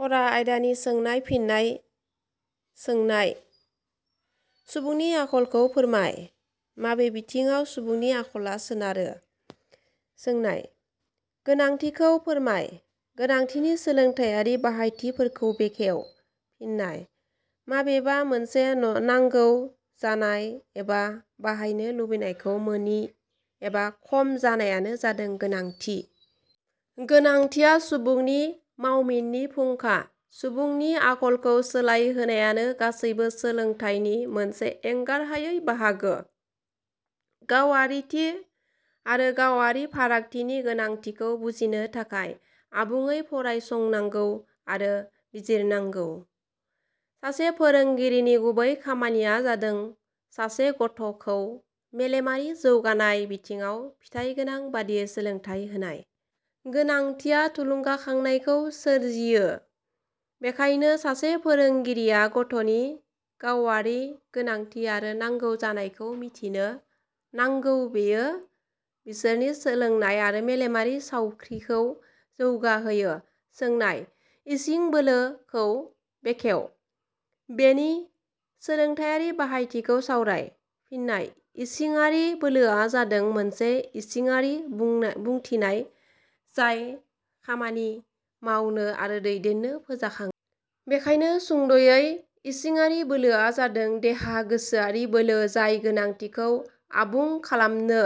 फरा आयदानि सोंनायनि फिननाय सोंनाय-. सुबुंनि आखलखौ फोरमाय। माबे बिथिंङाव सुबुंनि आखला सोनारो? सोंनाय-. गोनांथिखौ फोरमाय। गोनांथिनि सोलोंथाइयारि बाहायथिफोरखौ बेखेव। फिननाय: माबेबा मोनसे नांगौ जानाय एबा बाहायनो लुबैनायखौ मोनि एबा खम जानायानो जादों गोनांथि। गोनांथिया सुबुंनि मावमिननि फुंखा। सुबुंनि आखलखौ सोलायहोनायानो गासैबो सोलोंथाइनि मोनसे एंगारहायै बाहागो। गावारिथि आरो गावारि फारागथिनि गोनांथिखौ बुजिनो थाखाय आबुंङै फरायसंनांगौ आरो बिजिरनांगौ। सासे फोरोंगिरिनि गुबै खामानिया जादों सासे ग'थ'खौ मेलेमारि जौगानाय बिथिङाव फिथाइगोनां बायदियै सोलोंथाइ होनाय। गोनांथिया थुलुंगाखांनायखौ सोरजियो, बेखायनो सासे फोरोंगिरिया गथ'नि गावारि गोनांथि आरो नांगौ जानायखौ मिथिनो नांगौ। बेयो बिसोरनि सोलोंनाय आरो मेलेमारि साउख्रिखौ जौगाहोयो। सोंनाय –. इसिंबोलो खौ बेखेव। बेनि सोलोंथाइयारि बाहायथिखौ सावराय। फिननाय: इसिङारि बोलोआ जादों मोनसे इसिङारि बुंथिनाय जाय खामानि मावनो आरो दैदेननो फोजाखाङो। बेखायनो सुंद'यै इसिङारि बोलोआ जादों देहा गोसोयारि बोलो जाय गोनांथिखौ आबुं खालामनो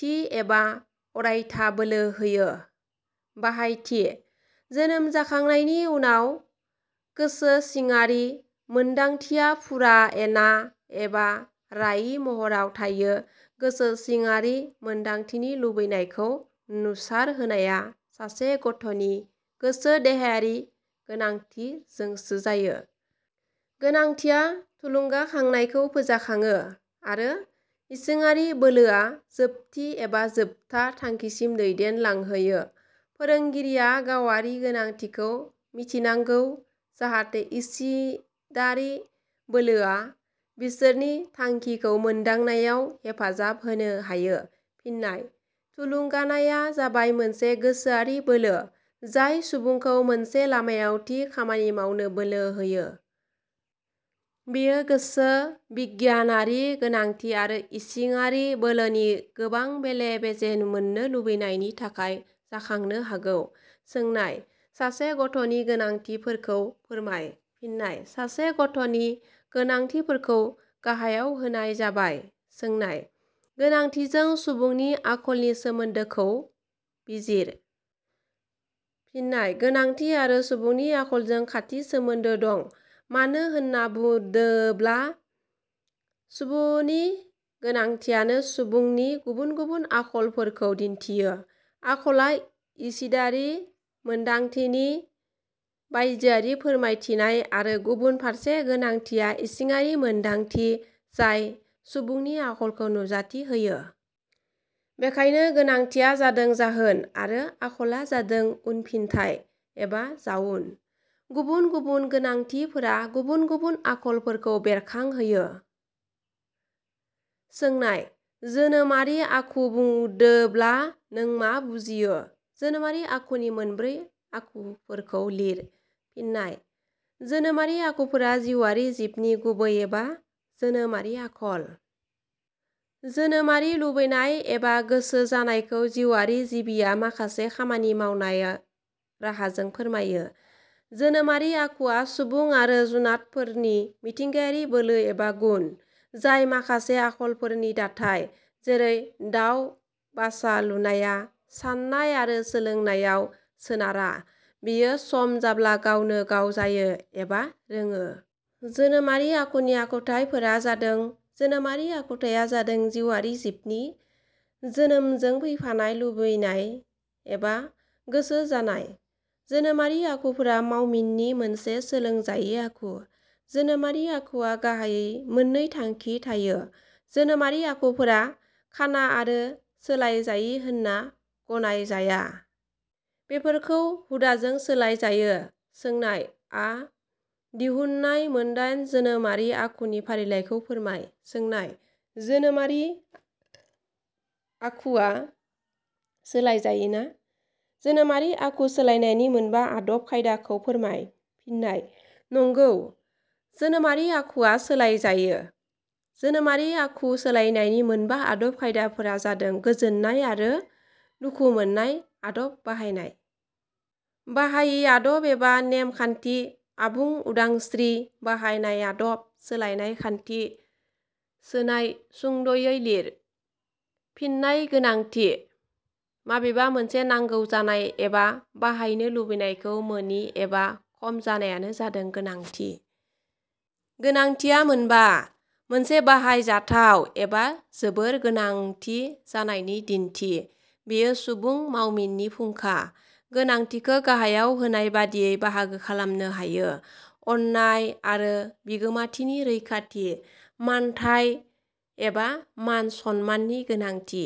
थि एबा अरायथा बोलो होयो? बाहायथि: जोनोम जाखांनायनि उनाव गोसो सिङारि मोनदांथिया फुरा ना एबा रायि महराव थायो। गोसो सिङारि मोनदांथिनि लुबैनायखौ नुसारहोनाया सासे गथ'नि गोसो देहायारि गोनांथिजोंसो जायो। गोनांथिया थुलुंगाखांनायखौ फोजाखाङो आरो इसिङारि बोलोआ जोबथि एबा जोबथा थांखिसिम दैदेन लांहोयो। फोरोंगिरिया गावारि गोनांथिखौ मिथिनांगौ जाहाथे इसिडारि बोलोआ बिसोरनि थांखिखौ मोनदांनायाव हेफाजाब होनो हायो। फिननाय: थुलुंगानाया जाबाय मोनसे गोसोयारि बोलो- जाय सुबुंखौ मोनसे लामायाव थि खामानि मावनो बोलो होयो। बेयो गोसोबिगियानारि गोनांथि आरो इसिङारि बोलोनि गोबां बेले बेजे मोननो लुबैनायनि थाखाय जाखांनो हागौ। सोंनाय –. सासे गथ नि गोनांथिफोरखौ फोरमाय। फिननाय: सासे गथ'नि गोनांथिफोरखौ गाहायाव होनाय जाबाय- सोंनाय –. गोनांथिजों सुबुंनि आखलनि सोमोन्दोखौ बिजिर। फिन्नाय: गोनांथि आरो सुबुंनि आखलजों खाथि सोमोन्दो दं, मानो होनना बुडोब्ला सुबुनि गोनांथियानो सुबुंनि गुबुन गुबुन आखलफोरखौ दिन्थियो। ' आखला इसिडारि मोनदांथिनि बायजोआरि फोरमायथिनाय आरो गुबुन फारसे गोनांथिया इसिङारि मोनदांथि, जाय सुबुंनि आखलखौ नुजाथि होयो। बेखायनो गोनांथिया जादों जाहोन आरो आखला जादों उनफिथाइ एबा जाउन। गुबुन गुबुन गोनांथिफोरा गुबुन गुबुन आखलफोरखौ बेरखांहोयो। सोंनाय-. जोनोमारि आखु बुडोब्ला नों मा बुजियो? जोनोमारि आखुनि मोनब्रै आखुफोरखौ लिर। फिन्नाय: जोनोमारि आखुफोरा जिवारि जिबनि गुबै एबा जोनोमारि आखल। जोनोमारि लुबैनाय एबा गोसो जानायखौ जिवारि जिबिया माखासे खामानि मावनाय राहाजों फोरमायो। जोनोमारि आखुआ सुबुं आरो जुनादफोरनि मिथिंगायारि बोलो एबा गुन, जाय माखासे आखलफोरनि दाथाय, जेरै दाव बासा लुनाया साननाय आरो सोलोंनायाव सोनारा बेयो सम जाब्ला गावनो गाव जायो एबा रोङो। जोनोमारि आखुनि आखुथाइफोरा जादों जोनोमारि आखुथाइया जादों जिवारि जिबनि जोनोमजों फैफानाय लुबैनाय एबा गोसो जानाय। जोनोमारि आखुफोरा मावमिनि मोनसे सोलोंजायि आखु। जोनोमारि आखुवा गाहाइयै मोननै थांखि थायो। जोनोमारि आखुफोरा खाना आरो सोलायजायि होनना ग'नाय जाया। बेफोरखौ हुदाजों सोलाय जायो। सोंनाय-.. आ दिहुननाय मोनडाइन जोनोमारि आखुनि फारिलाइखौ फोरमाय। सोंनाय –. जोनोमारि आखुआ सोलाय जायोना? जोनोमारि आखु सोलायनायनि मोनबा आदब खायदाखौ फोरमाय। फिन्नाय: नंगौ, जोनोमारि आखुआ सोलायजायो। जोनोमारि आखु सोलायनायनि मोनबा आदब खायदाफोरा जादों गोजोन्नाय आरो दुखु मोन्नाय आदब बाहायनाय। बाहायि आदब एबा नेम खान्थि। आबुं उदांस्त्रि बाहायनाय आदब। सोलायनाय खान्थि। सोनाय-. सुंद 'यै लिर: फिननाय: गोनांथि: माबेबा मोनसे नांगौ जानाय एबा बाहायनो लुबैनायखौ मोनि एबा खम जानायानो जादों गोनांथि। गोनांथिया मोनबा मोनसे बाहाय जाथाव एबा जोबोर गोनांथि जानायनि दिन्थि। बेयो सुबुं मावमिननि फुंखा। गोनांथिखौ गाहायाव होनाय बायदियै बाहागो खालामनो हायो। अननाय आरो बिगोमाथिनि रैखाथि। मानथाइ एबा मान-सनमाननि गोनांथि।